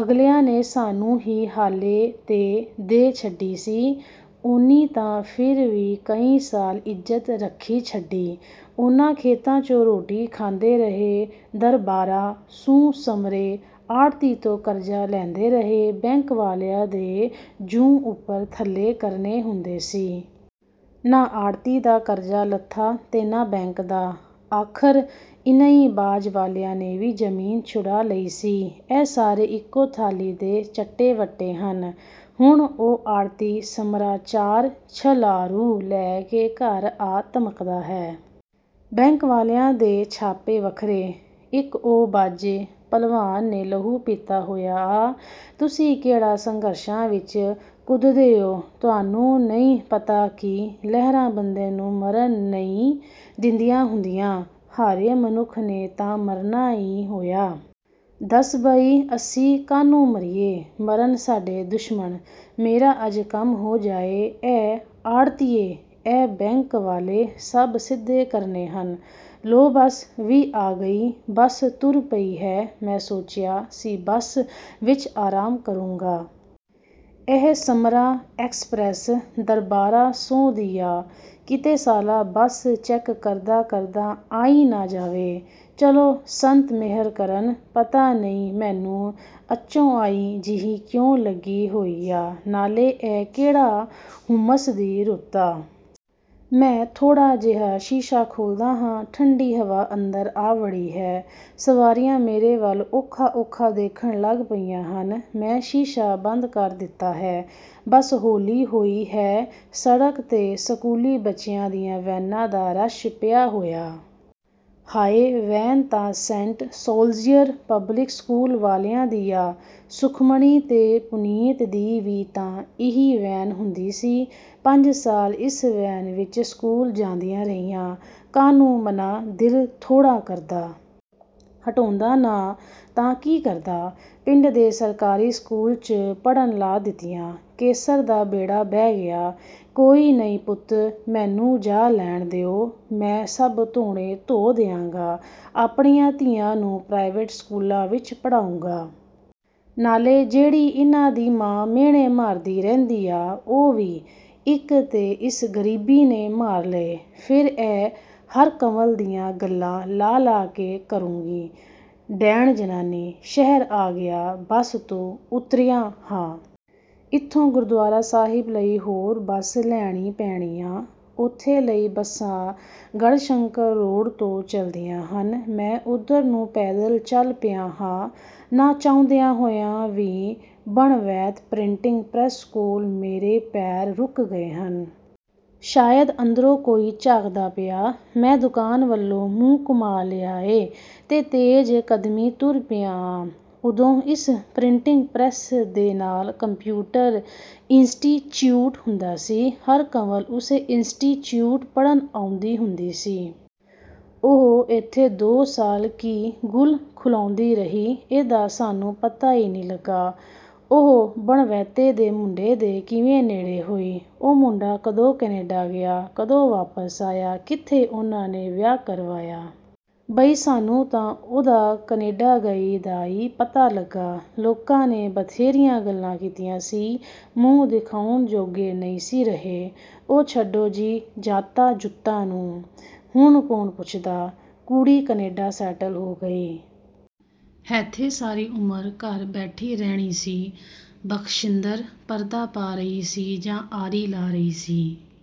ਅਗਲਿਆਂ ਨੇ ਸਾਨੂੰ ਹੀ ਹਾਲੇ 'ਤੇ ਦੇ ਛੱਡੀ ਸੀ। ਉਨ੍ਹੀਂ ਤਾਂ ਫਿਰ ਵੀ ਕਈ ਸਾਲ ਇੱਜ਼ਤ ਰੱਖੀ ਛੱਡੀ। ਉਨ੍ਹਾਂ ਖੇਤਾਂ ਚੋਂ ਰੋਟੀ ਖਾਂਦੇ ਰਹੇ। ਦਰਬਾਰਾ ਸੁੰਹ ਸਮਰੇ ਆੜ੍ਹਤੀ ਤੋਂ ਕਰਜ਼ਾ ਲੈਂਦੇ ਰਹੇ। ਬੈਂਕ ਵਾਲਿਆਂ ਦੇ ਜੂੰ ਉੱਪਰ ਥੱਲੇ ਕਰਨੇ ਹੁੰਦੇ ਸੀ। ਨਾ ਆੜ੍ਹਤੀ ਦਾ ਕਰਜ਼ਾ ਲੱਥਾ ਤੇ ਨਾ ਬੈਂਕ ਦਾ। ਆਖ਼ਿਰ ਇਨਈਂ ਬਾਜ਼ ਵਾਲਿਆਂ ਨੇ ਵੀ ਜ਼ਮੀਨ ਛੁਡਾ ਲਈ ਸੀ। ਇਹ ਸਾਰੇ ਇਕੋ ਥਾਲੀ ਦੇ ਚੱਟੇ-ਵੱਟੇ ਹਨ। ਹੁਣ ਉਹ ਆੜ੍ਹਤੀ ਸਮਰਾ ਚਾਰ ਛਲਾਰੂ ਲੈ ਕੇ ਘਰ ਆ ਧਮਕਦਾ ਹੈ। ਬੈਂਕ ਵਾਲਿਆਂ ਦੇ ਛਾਪੇ ਵੱਖਰੇ। ਇਕ ਉਹ ਬਾਜੇ ਭਲਵਾਨ ਨੇ ਲਹੂ ਪੀਤਾ ਹੋਇਆ ਆ। "ਤੁਸੀਂ ਕਿਹੜਾ ਸੰਘਰਸ਼ਾਂ ਵਿੱਚ ਕੁੱਦਦੇ ਓ। ਤੁਹਾਨੂੰ ਨਈਂ ਪਤਾ ਕਿ ਲਹਿਰਾਂ ਬੰਦੇ ਨੂੰ ਮਰਨ ਨਈਂ ਦਿੰਦੀਆਂ ਹੁੰਦੀਆਂ। ਹਾਰੇ ਮਨੁੱਖ ਨੇ ਤਾਂ ਮਰਨਾ ਈ ਹੋਇਆ। " ਦੱਸ ਬਈ ਅਸੀਂ ਕਾਹਨੂੰ ਮਰੀਏ, ਮਰਨ ਸਾਡੇ ਦੁਸ਼ਮਣ। ਮੇਰਾ ਅੱਜ ਕੰਮ ਹੋ ਜਾਏ। ਇਹ ਆੜ੍ਹਤੀਏ, ਇਹ ਬੈਂਕ ਵਾਲੇ… ਸਭ ਸਿੱਧੇ ਕਰਨੇ ਹਨ। ਲਉ ਬੱਸ ਵੀ ਆ ਗਈ। ਬੱਸ ਤੁਰ ਪਈ ਹੈ। ਮੈਂ ਸੋਚਿਆ ਸੀ-ਬੱਸ ਵਿੱਚ ਆਰਾਮ ਕਰੂੰਗਾ। ਇਹ ਸਮਰਾ ਐਕਸਪ੍ਰੈੱਸ ਦਰਬਾਰਾ ਸੁੰਹ ਦੀ ਆ। ਕਿਤੇ ਸਾਲਾ ਬੱਸ ਚੈੱਕ ਕਰਦਾ ਕਰਦਾ ਆਈ ਨਾ ਜਾਵੇ। ਚਲੋ ਸੰਤ ਮੇਹਰ ਕਰਨ। ਪਤਾ ਨਈਂ ਮੈਨੂੰ ਅਚੋਆਈ ਜਿਹੀ ਕਿਉਂ ਲੱਗੀ ਹੋਈ ਆ। ਨਾਲੇ ਇਹ ਕਿਹੜਾ ਹੁੰਮਸ ਦੀ ਰੁੱਤ ਆ? ਮੈਂ ਥੋੜ੍ਹਾ ਜਿਹਾ ਸ਼ੀਸ਼ਾ ਖੋਲ੍ਹਦਾ ਹਾਂ। ਠੰਡੀ ਹਵਾ ਅੰਦਰ ਆ ਵੜੀ ਹੈ। ਸਵਾਰੀਆਂ ਮੇਰੇ ਵੱਲ ਔਖਾ-ਔਖਾ ਦੇਖਣ ਲੱਗ ਪਈਆਂ ਹਨ। ਮੈਂ ਸ਼ੀਸ਼ਾ ਬੰਦ ਕਰ ਦਿੱਤਾ ਹੈ। ਬੱਸ ਹੌਲੀ ਹੋਈ ਹੈ। ਸੜਕ 'ਤੇ ਸਕੂਲੀ ਬੱਚਿਆਂ ਦੀਆਂ ਵੈਨਾਂ ਦਾ ਰਸ਼ ਪਿਆ ਹੋਇਆ। ਹਾਅ ਵੈਨ ਤਾਂ ਸੈਂਟ ਸੋਲਜ਼ੀਅਰ ਪਬਲਿਕ ਸਕੂਲ ਵਾਲਿਆਂ ਦੀ ਆ। ਸੁਖਮਣੀ ਤੇ ਪੁਨੀਤ ਦੀ ਵੀ ਤਾਂ ਇਹੀ ਵੈਨ ਹੁੰਦੀ ਸੀ। ਪੰਜ ਸਾਲ ਇਸ ਵੈਨ ਵਿੱਚ ਸਕੂਲ ਜਾਂਦੀਆਂ ਰਹੀਆਂ।… ਕਾਹਨੂੰ ਮਨਾਂ ਦਿਲ ਥੋੜ੍ਹਾ ਕਰਦਾ। ਹਟੌਂਦਾ ਨਾ ਤਾਂ ਕੀ ਕਰਦਾ? ਪਿੰਡ ਦੇ ਸਰਕਾਰੀ ਸਕੂਲ 'ਚ ਪੜ੍ਹਨ ਲਾ ਦਿੱਤੀਆਂ। ਕੇਸਰ ਦਾ ਬੇੜਾ ਬਹਿ ਗਿਆ। ਕੋਈ ਨਈਂ ਪੁੱਤ, ਮੈਨੂੰ ਜਾ ਲੈਣ ਦਿਓ। ਮੈਂ ਸਭ ਧੋਣੇ ਧੋ ਦਿਆਂਗਾ। ਆਪਣੀਆਂ ਧੀਆਂ ਨੂੰ ਪ੍ਰਾਈਵੇਟ ਸਕੂਲਾਂ ਵਿੱਚ ਪੜ੍ਹਾਊਂਗਾ। ਨਾਲੇ ਜਿਹੜੀ ਇਨ੍ਹਾਂ ਦੀ ਮਾਂ ਮਿਹਣੇ ਮਾਰਦੀ ਰਹਿੰਦੀ ਆ, ਉਹ ਵੀ…। ਇੱਕ ਤੇ ਇਸ ਗਰੀਬੀ ਨੇ ਮਾਰ ਲਏ। ਫਿਰ ਇਹ ਹਰਕੰਵਲ ਦੀਆਂ ਗੱਲਾਂ ਲਾ-ਲਾ ਕੇ ਕਰੰੂਗੀ। ਡੈਣ ਜ਼ਨਾਨੀ। ਸ਼ਹਿਰ ਆ ਗਿਆ। ਬੱਸ ਤੋਂ ਉਤਰਿਆ ਹਾਂ। ਇਥੋਂ ਗੁਰਦੁਆਰਾ ਸਾਹਿਬ ਲਈ ਹੋਰ ਬੱਸ ਲੈਣੀ ਪੈਣੀ ਆ। ਉਥੇ ਲਈ ਬੱਸਾਂ ਗੜ੍ਹਸ਼ੰਕਰ ਰੋਡ ਤੋਂ ਚਲਦੀਆਂ ਹਨ। ਮੈਂ ਉੱਧਰ ਨੂੰ ਪੈਦਲ ਚੱਲ ਪਿਆ ਹਾਂ।… ਨਾ ਚਾਹੁੰਦਿਆਂ ਹੋਇਆਂ ਵੀ ਬਣਵੈਤ ਪ੍ਰਿੰਟਿੰਗ ਪ੍ਰੈੱਸ ਕੋਲ ਮੇਰੇ ਪੈਰ ਰੁਕ ਗਏ ਹਨ। ਸ਼ਾਇਦ ਅੰਦਰੋਂ ਕੋਈ ਝਾਕਦਾ ਪਿਆ। ਮੈਂ ਦੁਕਾਨ ਵੱਲੋਂ ਮੂੰਹ ਘੁਮਾ ਲਿਆ ਏ।… ਤੇ ਤੇਜ਼ ਕਦਮੀਂ ਤੁਰ ਪਿਆ ਆਂ। ਉਦੋਂ ਇਸ ਪਿ੍ਰੰਟਿੰਗ ਪ੍ਰੈਸ ਦੇ ਨਾਲ ਕੰਪਿਊਟਰ ਇੰਸਟੀਚਿਊਟ ਹੁੰਦਾ ਸੀ। ਹਰਕੰਵਲ ਉਸੇ ਇੰਸਟੀਚਿਊਟ ਪੜ੍ਹਨ ਆਉਂਦੀ ਹੁੰਦੀ ਸੀ। ਉਹ ਇੱਥੇ ਦੋ ਸਾਲ ਕੀ ਗੁੱਲ ਖੁਲਾਂਦੀ ਰਹੀ। ਇਹਦਾ ਸਾਨੂੰ ਪਤਾ ਈ ਨਈਂ ਲੱਗਾ। ਉਹ ਬਣਵੈਤਾਂ ਦੇ ਮੁੰਡੇ ਦੇ ਕਿਵੇਂ ਨੇੜੇ ਹੋਈ। ਉਹ ਮੁੰਡਾ ਕਦੋਂ ਕਨੈਡਾ ਗਿਆ। ਕਦੋਂ ਵਾਪਸ ਆਇਆ। ਕਿੱਥੇ ਉਹਨਾਂ ਨੇ ਵਿਆਹ ਕਰਵਾਇਆ। ਬਈ ਸਾਨੂੰ ਤਾਂ ਉਹਦਾ ਕਨੈਡਾ ਗਈ ਦਾ ਈ ਪਤਾ ਲੱਗਾ। ਲੋਕਾਂ ਨੇ ਬਥੇਰੀਆਂ ਗੱਲਾਂ ਕੀਤੀਆਂ ਸੀ। ਮੂੰਹ ਦਿਖਾਉਣ ਜੋਗੇ ਨਈਂ ਸੀ ਰਹੇ। "ਉਹ ਛੱਡੋ ਜੀ ਜਾਤਾਂ ਜੂਤਾਂ ਨੂੰ। ਹੁਣ ਕੌਣ ਪੁੱਛਦਾ? ਕੁੜੀ ਕਨੈਡਾ ਸੈਟਲ ਹੋ ਗਈ। ਹੈਥੇ ਸਾਰੀ ਉਮਰ ਘਰ ਬੈਠੀ ਰਹਿਣੀ ਸੀ। " ਬਖਸ਼ਿੰਦਰ ਪਰਦਾ ਪਾ ਰਹੀ ਸੀ ਜਾਂ ਆਰੀ ਲਾ ਰਹੀ ਸੀ।